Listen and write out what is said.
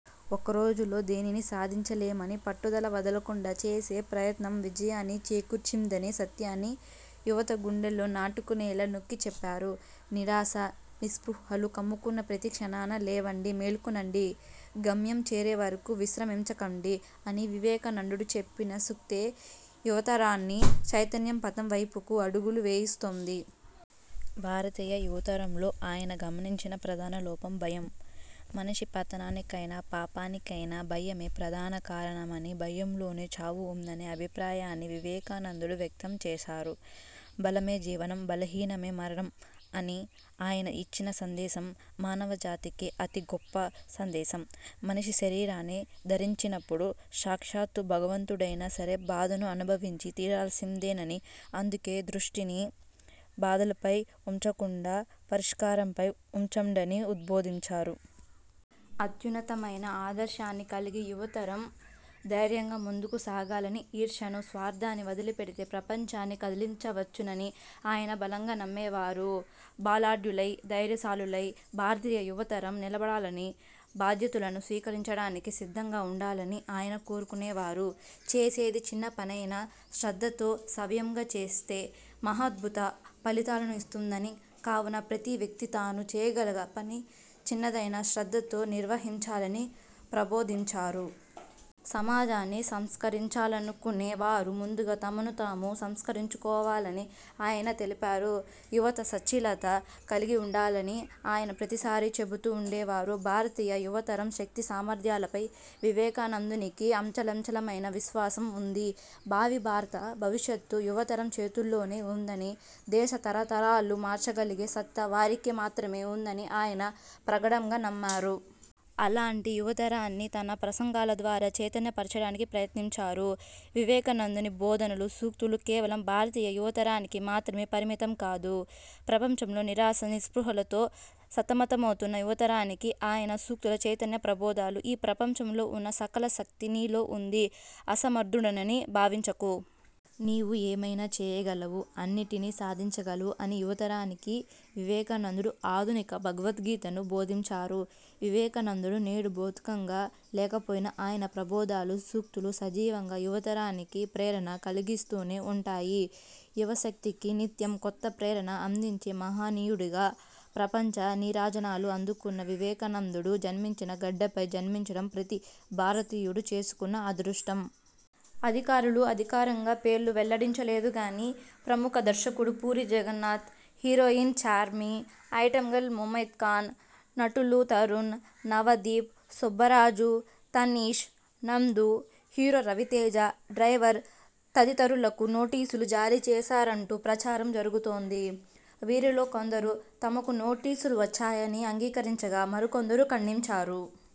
ఒక్కరోజులో దేనిని సాధించలేమని, పట్టుదల వదలకుండా చేసే ప్రయత్నం విజయాన్ని చేకూర్చుందనే సత్యాన్ని యువత గుండెల్లో నాటుకునేలా నొక్కి చెప్పారు. నిరాశ, నిస్పృహలు కమ్ముకున్న ప్రతి క్షణాన ''లేవండి! మేల్కొనండి! గమ్యం చేరే వరకు విశ్రమించకండి'' అని వివేకానండుడు చెప్పిన సూక్తే యువతరాన్ని చైతన్యపథం వైపుకు అడుగులు వేయిస్తుంది. భారతీయ యువతరంలో ఆయన గమనించిన ప్రధాన లోపం భయం. మనిషి పతానికైనా పాపానికైనా భయమే ప్రధానకారణమని, భయంలోనే చావు ఉందనే అభిప్రాయాన్ని వివేకానందుడు వ్యక్తం చేశారు. ''బలమే జీవనం. బలహీనమే మరణం'' అని ఆయన ఇచ్చిన సందేశం మానవజాతికే అతి గొప్ప సందేశం. మనిషి శరీరాన్ని ధరించినప్పుడు సాక్షాత్తు భగవంతుడైనా సరే బాధలను అనుభవించి తీరాల్సిందేనని, అందుకే దృష్టిని బాధలపై ఉంచకుండా పరిష్కారం పై ఉంచండని ఉద్భోదించారు. అత్యున్నతమైన ఆదర్శాన్ని కలిగి యువతరం ధైర్యంగా ముందుకు సాగాలనీ, ఈర్ష్యాను – స్వార్ధాన్ని వదిలిపెడితే ప్రపంచాన్నే కదిలించవచ్చునని ఆయన బలంగా నమ్మేవారు. బలాఢ్యులై, ధైర్యశాలులై భారతీయ యువతరం నిలబడాలని, బాధ్యతలను స్వీకరించడానికి సిద్ధంగా ఉండాలని ఆయన కోరుకునేవారు. చేసేది చిన్న పనైనా శ్రద్ధతో సవ్యంగా చేస్తే మహాద్భుత ఫలితాన్నిస్తుందని, కావున ప్రతి వ్యక్తి తాను చేయగల పని చిన్నదైనా శ్రద్ధతో నిర్వహించాలని ప్రబోధించారు. సమాజాన్ని సంస్కరించాలనుకునే వారు ముందుగా తమను తాము సంస్కరించుకోవాలని ఆయన తెల్పారు. యువత సచ్ఛీలత కలిగిఉండాలని ఆయన ప్రతిసారి చెబుతూ ఉండేవారు. భారతీయ యువతరం శక్తి సామర్ధ్యాలపై వివేకానందునికి అంచంచలమైన విశ్వాసం ఉంది. భావి భారత భవిష్యత్తు యువతరం చేతిలోనే ఉందని, దేశ తలరాతలు మార్చగలిగే సత్తా వారికే మాత్రమే ఉందని ఆయన ప్రగఢంగా నమ్మారు. అలాంటి యువతరాన్ని తన ప్రసంగాల ద్వారా చైతన్యపర్చడానికి ప్రయత్నించారు. వివేకానందుని బోధనలు, సూక్తులు కేవలం భారతీయ యువతరానికి మాత్రమే పరిమితం కాదు. ప్రపంచంలో నిరాశ, నిస్పృహలతో సతమతమవుతున్న యువతరానికి ఆయన సూక్తులు చైతన్య ప్రబోధాలు. ''ఈ ప్రపంచంలో వున్న సకల శక్తి నీలో వుంది. అసమర్ధుడునని భావించకు. నీవు ఏమైనా చేయగలవు. అన్నింటిని సాధించగలవు'' అని యువతరానికి వివేకానందుడు ఆధునిక భగవద్గీతను బోధించారు. వివేకానందుడు నేడు భౌతికంగా లేకపోయినా ఆయన ప్రబోధాలు, సూక్తులు సజీవంగా యువతరానికి ప్రేరణ కలుగజేస్తూనే ఉంటాయి. యువశక్తికి నిత్యం కొత్త ప్రేరణ అందించే మహనీయునిగా ప్రపంచ నీరాజనాలు అందుకున్న వివేకానందుడు జన్మించిన గడ్డపై జన్మించడం ప్రతి భారతీయుడు చేసుకున్న అదృష్టం. అధికారులు అధికారికంగా పేర్లు వెల్లడించలేదుగానీ ప్రముఖ దర్శకుడు Puri Jagannadh, heroine Charmi, item girl Mumaith Khan, నటులు తరుణ్, నవదీప్, సుబ్బరాజు, తనీశ్, నందు, హీరో రవితేజ డ్రైవర్ తదితరులకు నోటీసులు జారీ చేశారంటూ ప్రచారం జరుగుతోంది. వీరిలో కొందరు తమకు నోటీసులు వచ్చాయని అంగీకరించగా మరికొందరు ఖండించారు.